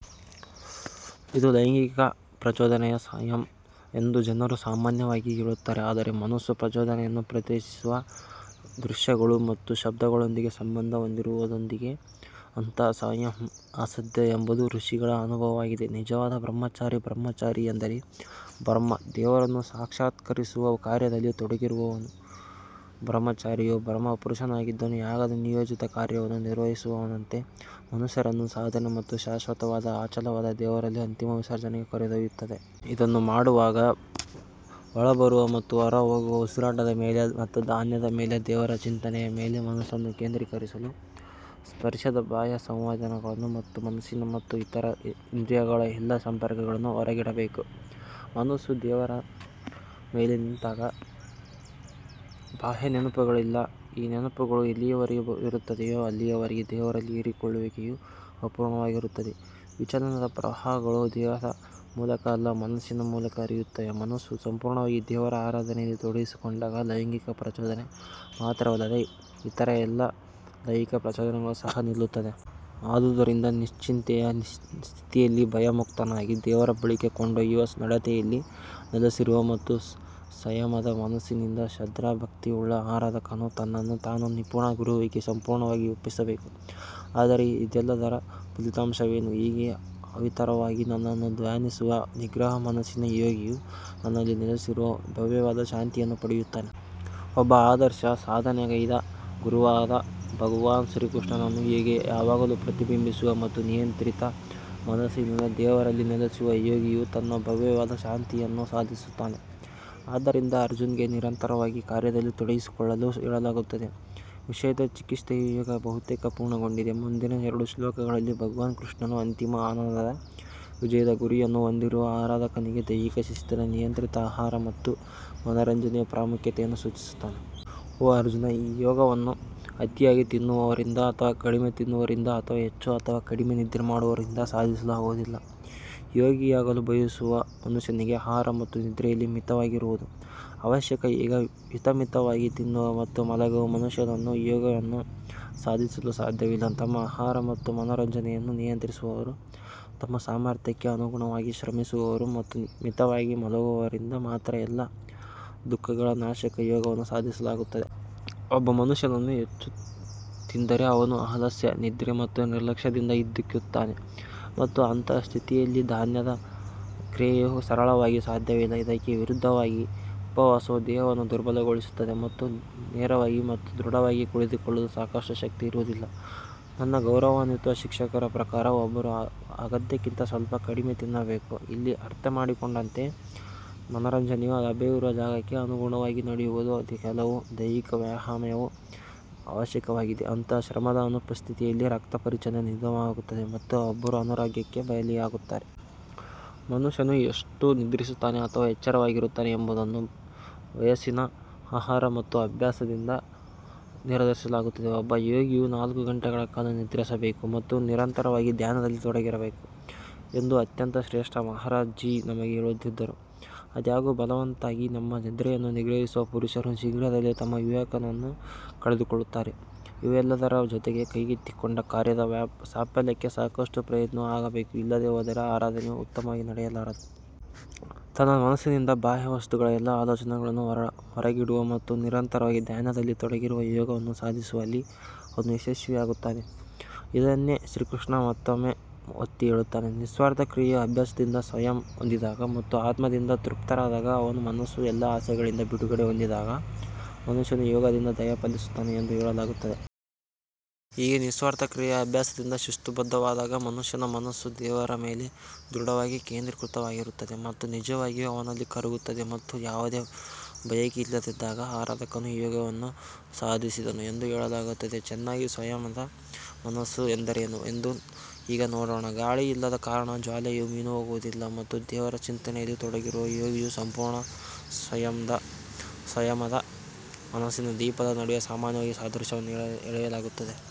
ಇದು ಲೈಂಗಿಕ ಪ್ರಚೋದನೆಯ ಸಂಯಮ ಎಂದು ಜನರು ಸಾಮಾನ್ಯವಾಗಿ ಹೇಳುತ್ತಾರೆ ಆದರೆ ಮನಸ್ಸು ಪ್ರಚೋದನೆಯನ್ನು ಪ್ರಚೋದಿಸುವ ದೃಶ್ಯಗಳು ಮತ್ತು ಶಬ್ದಗಳೊಂದಿಗೆ ಸಂಬಂಧ ಹೊಂದಿರುವವರೆಗೆ ಅಂತಹ ಸಂಯಮ ಅಸಾಧ್ಯ ಎಂಬುದು ಋಷಿಗಳ ಅನುಭವವಾಗಿದೆ. ನಿಜವಾದ ಬ್ರಹ್ಮಚಾರಿ ಬ್ರಹ್ಮಚಾರಿ ಎಂದರೆ ಬ್ರಹ್ಮ ದೇವರನ್ನು ಸಾಕ್ಷಾತ್ಕರಿಸುವ ಕಾರ್ಯದಲ್ಲಿ ತೊಡಗಿರುವವನು. ಬ್ರಹ್ಮಚಾರಿಯು ಬ್ರಹ್ಮ ಪುರುಷನಾಗಿದ್ದು, ಯಾಗದ ನಿಯೋಜಿತ ಕಾರ್ಯವನ್ನು ನಿರ್ವಹಿಸುವವನಂತೆ ಮನುಷ್ಯರನ್ನು ಸಾಧನೆ ಮತ್ತು ಶಾಶ್ವತವಾದ ಅಚಲವಾದ ದೇವರಲ್ಲಿ ಅಂತಿಮ ವಿಸರ್ಜನೆಗೆ ಕರೆದೊಯ್ಯುತ್ತದೆ. ಇದನ್ನು ಮಾಡುವಾಗ, ಒಳಬರುವ ಮತ್ತು ಹೊರಹೋಗುವ ಉಸಿರಾಟದ ಮೇಲೆ ಮತ್ತು ಧ್ಯಾನದ ಮೇಲೆ ದೇವರ ಚಿಂತನೆಯ ಮೇಲೆ ಮನಸ್ಸನ್ನು ಕೇಂದ್ರೀಕರಿಸಲು ಸ್ಪರ್ಶದ ಬಾಹ್ಯ ಸಂವೇದನೆಗಳು ಮತ್ತು ಮನಸ್ಸಿನ ಮತ್ತು ಇತರ ಇಂದ್ರಿಯಗಳ ಎಲ್ಲಾ ಸಂಪರ್ಕಗಳನ್ನು ಹೊರಗಿಡಬೇಕು. ಮನಸ್ಸು ದೇವರ ಮೇಲೆ ನಿಂತಾಗ ಬಾಹ್ಯ ನೆನಪುಗಳಿಲ್ಲ ಈ ನೆನಪುಗಳು ಎಲ್ಲಿಯವರೆಗೆ ಇರುತ್ತದೆಯೋ ಅಲ್ಲಿಯವರೆಗೆ ದೇವರಲ್ಲಿ ಹೀರಿಕೊಳ್ಳುವಿಕೆಯು ಅಪೂರ್ಣವಾಗಿರುತ್ತದೆ ವಿಚಲನದ ಪ್ರವಾಹಗಳು ದೇಹದ ಮೂಲಕ ಅಲ್ಲ ಮನಸ್ಸಿನ ಮೂಲಕ ಹರಿಯುತ್ತವೆ ಮನಸ್ಸು ಸಂಪೂರ್ಣವಾಗಿ ದೇವರ ಆರಾಧನೆಯಲ್ಲಿ ತೊಡಗಿಸಿಕೊಂಡಾಗ ಲೈಂಗಿಕ ಪ್ರಚೋದನೆ ಮಾತ್ರವಲ್ಲದೆ ಇತರ ಎಲ್ಲಾ ದೈಹಿಕ ಪ್ರಚೋದನೆಗಳು ಸಹ ನಿಲ್ಲುತ್ತವೆ. ಆದುದರಿಂದ ನಿಶ್ಚಿಂತೆಯ ಸ್ಥಿತಿಯಲ್ಲಿ ಭಯಮುಕ್ತನಾಗಿ ದೇವರ ಬಳಿಗೆ ಕೊಂಡೊಯ್ಯುವ ನಡತೆಯಲ್ಲಿ ನೆಲೆಸಿರುವ ಮತ್ತು ಸಂಯಮದ ಮನಸ್ಸಿನಿಂದ ಶ್ರದ್ಧಾಭಕ್ತಿಯುಳ್ಳ ಆರಾಧಕನು ತನ್ನನ್ನು ತಾನು ನಿಪುಣ ಗುರುವಿಗೆ ಸಂಪೂರ್ಣವಾಗಿ ಒಪ್ಪಿಸಬೇಕು. ಆದರೆ ಇದೆಲ್ಲದರ ಫಲಿತಾಂಶವೇನು ಹೀಗೆ ಅವಿರತವಾಗಿ ನನ್ನನ್ನು ಧ್ಯಾನಿಸುವ ನಿಗ್ರಹ ಮನಸ್ಸಿನ ಯೋಗಿಯು ನನ್ನಲ್ಲಿ ನೆಲೆಸಿರುವ ಭವ್ಯವಾದ ಶಾಂತಿಯನ್ನು ಪಡೆಯುತ್ತಾನೆ. ಒಬ್ಬ ಆದರ್ಶ ಸಾಧನೆಗೈದ ಗುರುವಾದ ಭಗವಾನ್ ಶ್ರೀಕೃಷ್ಣನನ್ನು ಹೀಗೆ ಯಾವಾಗಲೂ ಪ್ರತಿಬಿಂಬಿಸುವ ಮತ್ತು ನಿಯಂತ್ರಿತ ಮನಸ್ಸಿನಿಂದ ದೇವರಲ್ಲಿ ನೆಲೆಸುವ ಯೋಗಿಯು ತನ್ನ ಭವ್ಯವಾದ ಶಾಂತಿಯನ್ನು ಸಾಧಿಸುತ್ತಾನೆ. ಆದ್ದರಿಂದ ಅರ್ಜುನ್ಗೆ ನಿರಂತರವಾಗಿ ಕಾರ್ಯದಲ್ಲಿ ತೊಡಗಿಸಿಕೊಳ್ಳಲು ಹೇಳಲಾಗುತ್ತದೆ ವಿಷಯದ ಚಿಕಿತ್ಸೆಯು ಈಗ ಬಹುತೇಕ ಪೂರ್ಣಗೊಂಡಿದೆ ಮುಂದಿನ ಎರಡು ಶ್ಲೋಕಗಳಲ್ಲಿ ಭಗವಾನ್ ಕೃಷ್ಣನು ಅಂತಿಮ ಆನಂದದ ವಿಜಯದ ಗುರಿಯನ್ನು ಹೊಂದಿರುವ ಆರಾಧಕನಿಗೆ ದೈಹಿಕ ಶಿಸ್ತಿನ ನಿಯಂತ್ರಿತ ಆಹಾರ ಮತ್ತು ಮನರಂಜನೆಯ ಪ್ರಾಮುಖ್ಯತೆಯನ್ನು ಸೂಚಿಸುತ್ತಾನೆ. ಓ ಅರ್ಜುನ್ ಈ ಯೋಗವನ್ನು ಅತಿಯಾಗಿ ತಿನ್ನುವವರಿಂದ ಅಥವಾ ಕಡಿಮೆ ತಿನ್ನುವವರಿಂದ ಅಥವಾ ಹೆಚ್ಚು ಅಥವಾ ಕಡಿಮೆ ನಿದ್ರೆ ಮಾಡುವವರಿಂದ ಸಾಧಿಸಲಾಗುವುದಿಲ್ಲ. ಯೋಗಿಯಾಗಲು ಬಯಸುವ ಮನುಷ್ಯನಿಗೆ ಆಹಾರ ಮತ್ತು ನಿದ್ರೆಯಲ್ಲಿ ಮಿತವಾಗಿರುವುದು ಅವಶ್ಯಕ ಈಗ ಹಿತಮಿತವಾಗಿ ತಿನ್ನುವ ಮತ್ತು ಮಲಗುವ ಮನುಷ್ಯನು ಯೋಗವನ್ನು ಸಾಧಿಸಲು ಸಾಧ್ಯವಿಲ್ಲ ತಮ್ಮ ಆಹಾರ ಮತ್ತು ಮನೋರಂಜನೆಯನ್ನು ನಿಯಂತ್ರಿಸುವವರು ತಮ್ಮ ಸಾಮರ್ಥ್ಯಕ್ಕೆ ಅನುಗುಣವಾಗಿ ಶ್ರಮಿಸುವವರು ಮತ್ತು ಮಿತವಾಗಿ ಮಲಗುವವರಿಂದ ಮಾತ್ರ ಎಲ್ಲಾ ದುಃಖಗಳ ನಾಶಕ ಯೋಗವನ್ನು ಸಾಧಿಸಲಾಗುತ್ತದೆ. ಒಬ್ಬ ಮನುಷ್ಯನು ಹೆಚ್ಚು ತಿಂದರೆ ಅವನು ಆಲಸ್ಯ ನಿದ್ರೆ ಮತ್ತು ನಿರ್ಲಕ್ಷ್ಯದಿಂದ ಹಿಂದಿಕ್ಕುತ್ತಾನೆ ಮತ್ತು ಅಂತಹ ಸ್ಥಿತಿಯಲ್ಲಿ ಧ್ಯಾನದ ಕ್ರಿಯೆಯು ಸರಳವಾಗಿ ಸಾಧ್ಯವಿಲ್ಲ ಇದಕ್ಕೆ ವಿರುದ್ಧವಾಗಿ ಉಪವಾಸವು ದೇಹವನ್ನು ದುರ್ಬಲಗೊಳಿಸುತ್ತದೆ ಮತ್ತು ನೇರವಾಗಿ ಮತ್ತು ದೃಢವಾಗಿ ಕುಳಿತುಕೊಳ್ಳಲು ಸಾಕಷ್ಟು ಶಕ್ತಿ ಇರುವುದಿಲ್ಲ ನನ್ನ ಗೌರವಾನ್ವಿತ ಶಿಕ್ಷಕರ ಪ್ರಕಾರ ಒಬ್ಬರು ಅಗತ್ಯಕ್ಕಿಂತ ಸ್ವಲ್ಪ ಕಡಿಮೆ ತಿನ್ನಬೇಕು ಇಲ್ಲಿ ಅರ್ಥಮಾಡಿಕೊಂಡಂತೆ ಮನರಂಜನೆಯು ಲಭ್ಯವಿರುವ ಜಾಗಕ್ಕೆ ಅನುಗುಣವಾಗಿ ನಡೆಯುವುದು ಕೆಲವು ದೈಹಿಕ ವ್ಯಾಯಾಮವು ಅವಶ್ಯಕವಾಗಿದೆ, ಅಂತಹ ಶ್ರಮದ ಅನುಪಸ್ಥಿತಿಯಲ್ಲಿ ರಕ್ತ ಪರಿಚಲನೆ ನಿಧಾನವಾಗುತ್ತದೆ ಮತ್ತು ಒಬ್ಬರು ಅನಾರೋಗ್ಯಕ್ಕೆ ಬಲಿಯಾಗುತ್ತಾರೆ. ಮನುಷ್ಯನು ಎಷ್ಟು ನಿದ್ರಿಸುತ್ತಾನೆ ಅಥವಾ ಎಚ್ಚರವಾಗಿರುತ್ತಾನೆ ಎಂಬುದನ್ನು ವಯಸ್ಸಿನ ಆಹಾರ ಮತ್ತು ಅಭ್ಯಾಸದಿಂದ ನಿರ್ಧರಿಸಲಾಗುತ್ತದೆ ಒಬ್ಬ ಯೋಗಿಯು ನಾಲ್ಕು ಗಂಟೆಗಳ ಕಾಲ ನಿದ್ರಿಸಬೇಕು ಮತ್ತು ನಿರಂತರವಾಗಿ ಧ್ಯಾನದಲ್ಲಿ ತೊಡಗಬೇಕು ಎಂದು ಅತ್ಯಂತ ಶ್ರೇಷ್ಠ ಮಹಾರಾಜ್ ಜೀ ನಮಗೆ ಹೇಳುತ್ತಿದ್ದರು. ಆದಾಗ್ಯೂ, ಬಲವಂತವಾಗಿ ತಮ್ಮ ನಿದ್ರೆಯನ್ನು ನಿಗ್ರಹಿಸುವ ಪುರುಷರು ಶೀಘ್ರದಲ್ಲೇ ತಮ್ಮ ವಿವೇಕವನ್ನು ಕಳೆದುಕೊಳ್ಳುತ್ತಾರೆ ಇವೆಲ್ಲದರ ಜೊತೆಗೆ ಕೈಗೆತ್ತಿಕೊಂಡ ಕಾರ್ಯದ ಸಾಫಲ್ಯಕ್ಕೆ ಸಾಕಷ್ಟು ಪ್ರಯತ್ನವೂ ಆಗಬೇಕು, ಇಲ್ಲದೇ ಹೋದರೆ ಆರಾಧನೆಯು ಉತ್ತಮವಾಗಿ ನಡೆಯಲಾರದು. ತನ್ನ ಮನಸ್ಸಿನಿಂದ ಬಾಹ್ಯ ವಸ್ತುಗಳ ಎಲ್ಲಾ ಆಲೋಚನೆಗಳನ್ನು ಹೊರಗಿಡುವ ಮತ್ತು ನಿರಂತರವಾಗಿ ಧ್ಯಾನದಲ್ಲಿ ತೊಡಗಿರುವ ಯೋಗವನ್ನು ಸಾಧಿಸುವಲ್ಲಿ ಅವನು ಯಶಸ್ವಿಯಾಗುತ್ತಾನೆ. ಇದನ್ನೇ ಶ್ರೀಕೃಷ್ಣ ಮತ್ತೊಮ್ಮೆ ಒತ್ತಿ ಹೇಳುತ್ತಾನೆ ನಿಸ್ವಾರ್ಥ ಕ್ರಿಯೆಯ ಅಭ್ಯಾಸದಿಂದ ಸಂಯಮ ಹೊಂದಿದಾಗ ಮತ್ತು ಆತ್ಮದಿಂದ ತೃಪ್ತರಾದಾಗ ಅವನ ಮನಸ್ಸು ಎಲ್ಲಾ ಆಸೆಗಳಿಂದ ಬಿಡುಗಡೆ ಹೊಂದಿದಾಗ ಮನುಷ್ಯನು ಯೋಗದಿಂದ ದಯಪಾಲಿಸುತ್ತಾನೆ ಎಂದು ಹೇಳಲಾಗುತ್ತದೆ. ಹೀಗೆ ನಿಸ್ವಾರ್ಥ ಕ್ರಿಯೆಯ ಅಭ್ಯಾಸದಿಂದ ಶಿಸ್ತುಬದ್ಧವಾದಾಗ ಮನುಷ್ಯನ ಮನಸ್ಸು ದೇವರ ಮೇಲೆ ದೃಢವಾಗಿ ಕೇಂದ್ರೀಕೃತವಾಗಿರುತ್ತದೆ ಮತ್ತು ನಿಜವಾಗಿಯೂ ಅವನಲ್ಲಿ ಕರಗುತ್ತದೆ ಮತ್ತು ಯಾವುದೇ ಬಯಕೆಯಿಲ್ಲದಿದ್ದಾಗ ಆರಾಧಕನು ಯೋಗವನ್ನು ಸಾಧಿಸಿದನು ಎಂದು ಹೇಳಲಾಗುತ್ತದೆ. ಚೆನ್ನಾಗಿ ಸಂಯಮದ ಮನಸ್ಸು ಎಂದರೇನು ಎಂದು ಈಗ ನೋಡೋಣ ಗಾಳಿ ಇಲ್ಲದ ಕಾರಣ ಜ್ವಾಲೆಯು ಮಿನುಗುವುದಿಲ್ಲ ಮತ್ತು ದೇವರ ಚಿಂತನೆಯಲ್ಲಿ ತೊಡಗಿರುವ ಯೋಗಿಯ ಸಂಪೂರ್ಣ ಸಂಯಮದ ಮನಸ್ಸಿನ ದೀಪದ ನಡುವೆ ಸಾಮಾನ್ಯವಾಗಿ ಸಾದೃಶ್ಯವನ್ನು ಎಳೆಯಲಾಗುತ್ತದೆ.